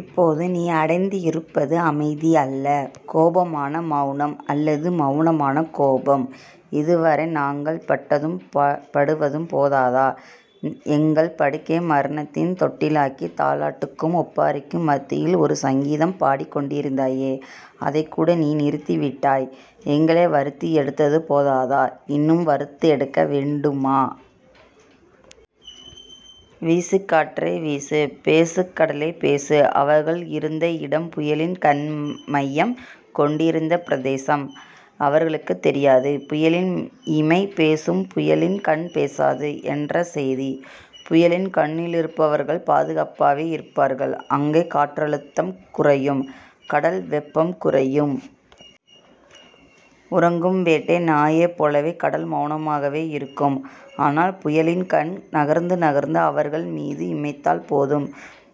இப்போது நீ அடைந்திருப்பது அமைதி அல்ல. கோபமான மெளனம் அல்லது மெளனமான கோபம். இதுவரை நாங்கள் பட்டதும் படுவதும் போதாதா? எங்கள் படகையே மரணத்தின் தொட்டிலாக்கி, தாலாட்டுக்கும் ஒப்பாரிக்கும் மத்தியில் ஒரு சங்கீதம் பாடிக்கொண்டிருந்தாயே. அதைக்கூட ஏன் நிறுத்திவிட்டாய்? எங்களை வருத்தியெடுத்தது போதாதா? இன்னும் வறுத்தெடுக்க வேண்டுமா? வீசு காற்றே வீசு. பேசு கடலே பேசு. அவர்கள் இருந்த இடம், புயலின் கண் மையம் கொண்டிருந்த பிரதேசம். அவர்களுக்குத் தெரியாது புயலின் இமை பேசும். புயலின் கண் பேசாது என்ற செய்தி. புயலின் கண்ணுள்ளிருப்பவர்கள் பாதுகாப்பாகவே இருப்பார்கள். அங்கே காற்றழுத்தம் குறையும். கடல்வெப்பம் குறையும். உறங்கும் வேட்டை நாயைப் போலவே கடல் மெளனமாகவே இருக்கும். ஆனால், புயலின் கண் நகர்ந்து நகர்ந்து அவர்கள் மீது இமைத்தால்போதும்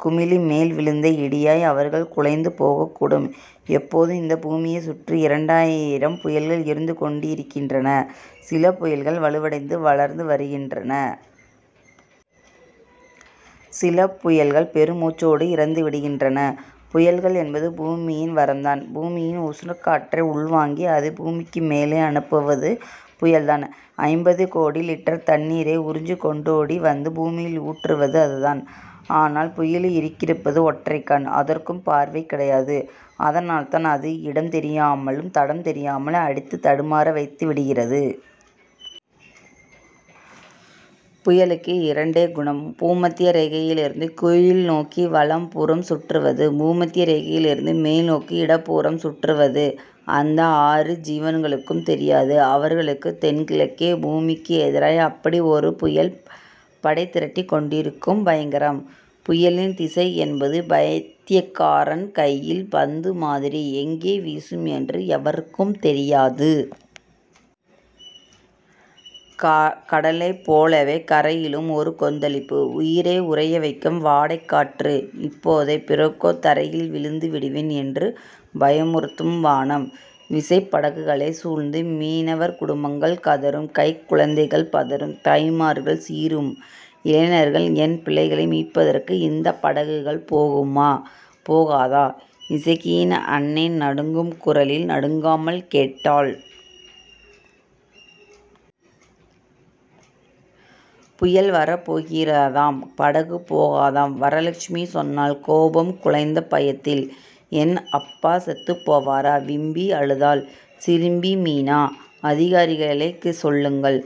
குமிழிமேல் விழுந்த இடியாய் அவர்கள் குலைந்து போகக்கூடும். எப்போதும் இந்த பூமியைச் சுற்றி இரண்டாயிரம் புயல்கள் இருந்துகொண்டேயிருக்கின்றன. சில புயல்கள் வலுவடைந்து வளர்ந்து வருகின்றன. சில புயல்கள் பெருமுச்சோடு இறந்து விடுகின்றன. புயல் என்பது பூமியின் வரம்தான். பூமியின் உஷணக்காற்றை உள்வாங்கி, அதைப் பூமிக்கு மேலே அனுப்புவது புயல்தான். ஐம்பது கோடி லிட்டர் தண்ணீரை உறிஞ்சிக்கொண்டோடி வந்து பூமியில் ஊற்றுவது அதுதான். ஆனால், புயலுக்கிருப்பது ஒற்றைக்கண். அதற்கும் பார்வை கிடையாது. அதனால்தான் அது இடம் தெரியாமலும் தடம் தெரியாமலும் அடித்துத் தடுமாற வைத்து விடுகிறது. புயலுக்கு இரண்டே குணம். பூமத்திய ரேகையிலிருந்து கீழ்நோக்கி வலப்புறம் சுற்றுவது. பூமத்திய ரேகையிலிருந்து மேல்நோக்கி இடப்புறம் சுற்றுவது. அந்த ஆறு ஜீவன்களுக்கும் தெரியாது. அவர்களுக்குத் தென்கிழக்கே, பூமிக்கு எதிராய் அப்படி ஒரு புயல் படைதிரட்டிக் கொண்டிருக்கும் பயங்கரம். புயலின் திசை என்பது பைத்தியக்காரன் கையில் பந்து மாதிரி எங்கே வீசும் என்று எவருக்கும் தெரியாது. கடலைப்போலவே கரையிலும் ஒரு கொந்தளிப்பு. உயிரை உறையவைக்கும் வாடைக்காற்று. இப்போதோ பிறகோ தரையில் விழுந்து விடுவேன் என்று பயமுறுத்தும் வானம். விசைப்படகுகளைச் சூழ்ந்து மீனவர் குடும்பங்கள். கதறும் கைக்குழந்தைகள் பதறும் தாய்மார்கள் சீறும் இளைஞர்கள். என் பிள்ளைகளை மீட்பதற்கு இந்தப் படகுகள் போகுமா? போகாதா? இசக்கியின் அன்னை நடுங்கும் குரலில் நடுங்காமல் கேட்டாள். புயல் வரப்போகிறதாம். படகு போகாதாம். வரலட்சுமி சொன்னாள் கோபம் குழைத்த பயத்தில். என் அப்பா செத்துப் போவாரா? விம்மி அழுதாள் சிறுமி மீனா. அதிகாரிகளே சொல்லுங்கள்.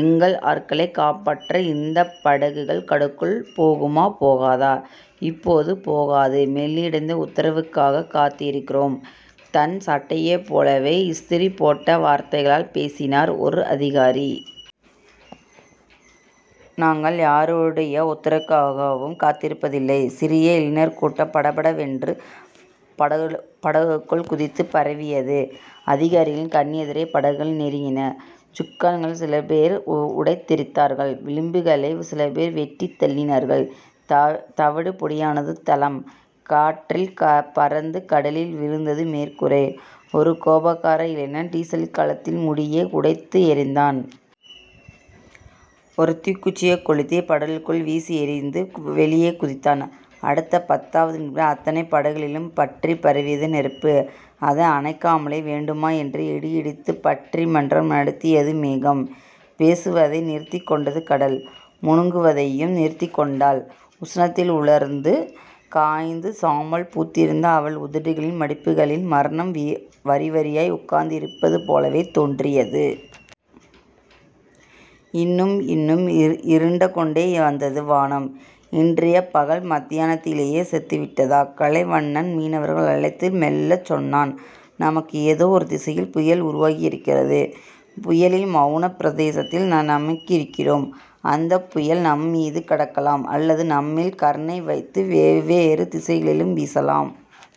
எங்கள் ஆட்களைக் காப்பாற்ற இந்தப் படகுகள் கடலுக்குள் போகுமா போகாதா? இப்போது போகாது. மேலிடத்து உத்தரவுக்காகக் காத்திருக்கிறோம். தன் சட்டையைப் போலவே இஸ்திரி போட்டவார்த்தைகளால் பேசினார் ஓர் அதிகாரி. நாங்கள் யாருடைய உத்தரவுக்காகவும் காத்திருப்பதில்லை சிறிய இளைஞர் கூட்டம் படபடவென்று படகுகளுக்குள் குதித்துப் பரவியது. அதிகாரிகளின் கண்ணெதிரே படகுகள் நொறுங்கின. சுக்கான்களைச் சிலபேர் உடைத்தெறிந்தார்கள். விளிம்புகளைச் சிலபேர் வெட்டித் தள்ளினார்கள். தவிடு பொடியானது தளம். காற்றில் பறந்து கடலில் விழுந்தது மேற்கூரை. ஒரு கோபக்கார இளைஞன் டீசல்கலத்தின் முடியை உடைத்துத் திறந்தான். ஒரு தீக்குச்சி கொளுத்திப் படகுக்குள் வீசியெறிந்து வெளியே குதித்தான். அடுத்த பத்தாவது நிமிடத்தில் அத்தனை படகுகளிலும் பற்றிப் பரவியது நெருப்பு. அதை அணைக்காமலே வேண்டாமா என்று இடி இடித்துப் பட்டிமன்றம். நடத்தியது மேகம். பேசுவதை நிறுத்திக் கொண்டது கடல். முனகுவதையும் நிறுத்திக்கொண்டாள் உஷ்ணத்தில் உலர்ந்து, காய்ந்து சாம்பல் பூத்திருந்த அவள் உதடுகளின் மடிப்புகளில் மரணம் வரிவரியாய் உட்கார்ந்திருப்பது போலவே தோன்றியது. இன்னும், இன்னும், இருண்டுகொண்டே வந்தது வானம். இன்றைய பகல் மத்தியானத்திலேயே செத்துவிட்டதா? கலைவண்ணன் மீனவர்களை அழைத்து மெல்லச் சொன்னான் நமக்கு ஏதோ ஒரு திசையில் புயல் உருவாகி இருக்கிறது புயலின் மெளனப் பிரதேசத்தில் நாமிருக்கிறோம். அந்தப் புயல் நம்மீது கடக்கலாம் அல்லது நம்மேல் கருணைவைத்து வேறொரு திசையிலும் வீசலாம்.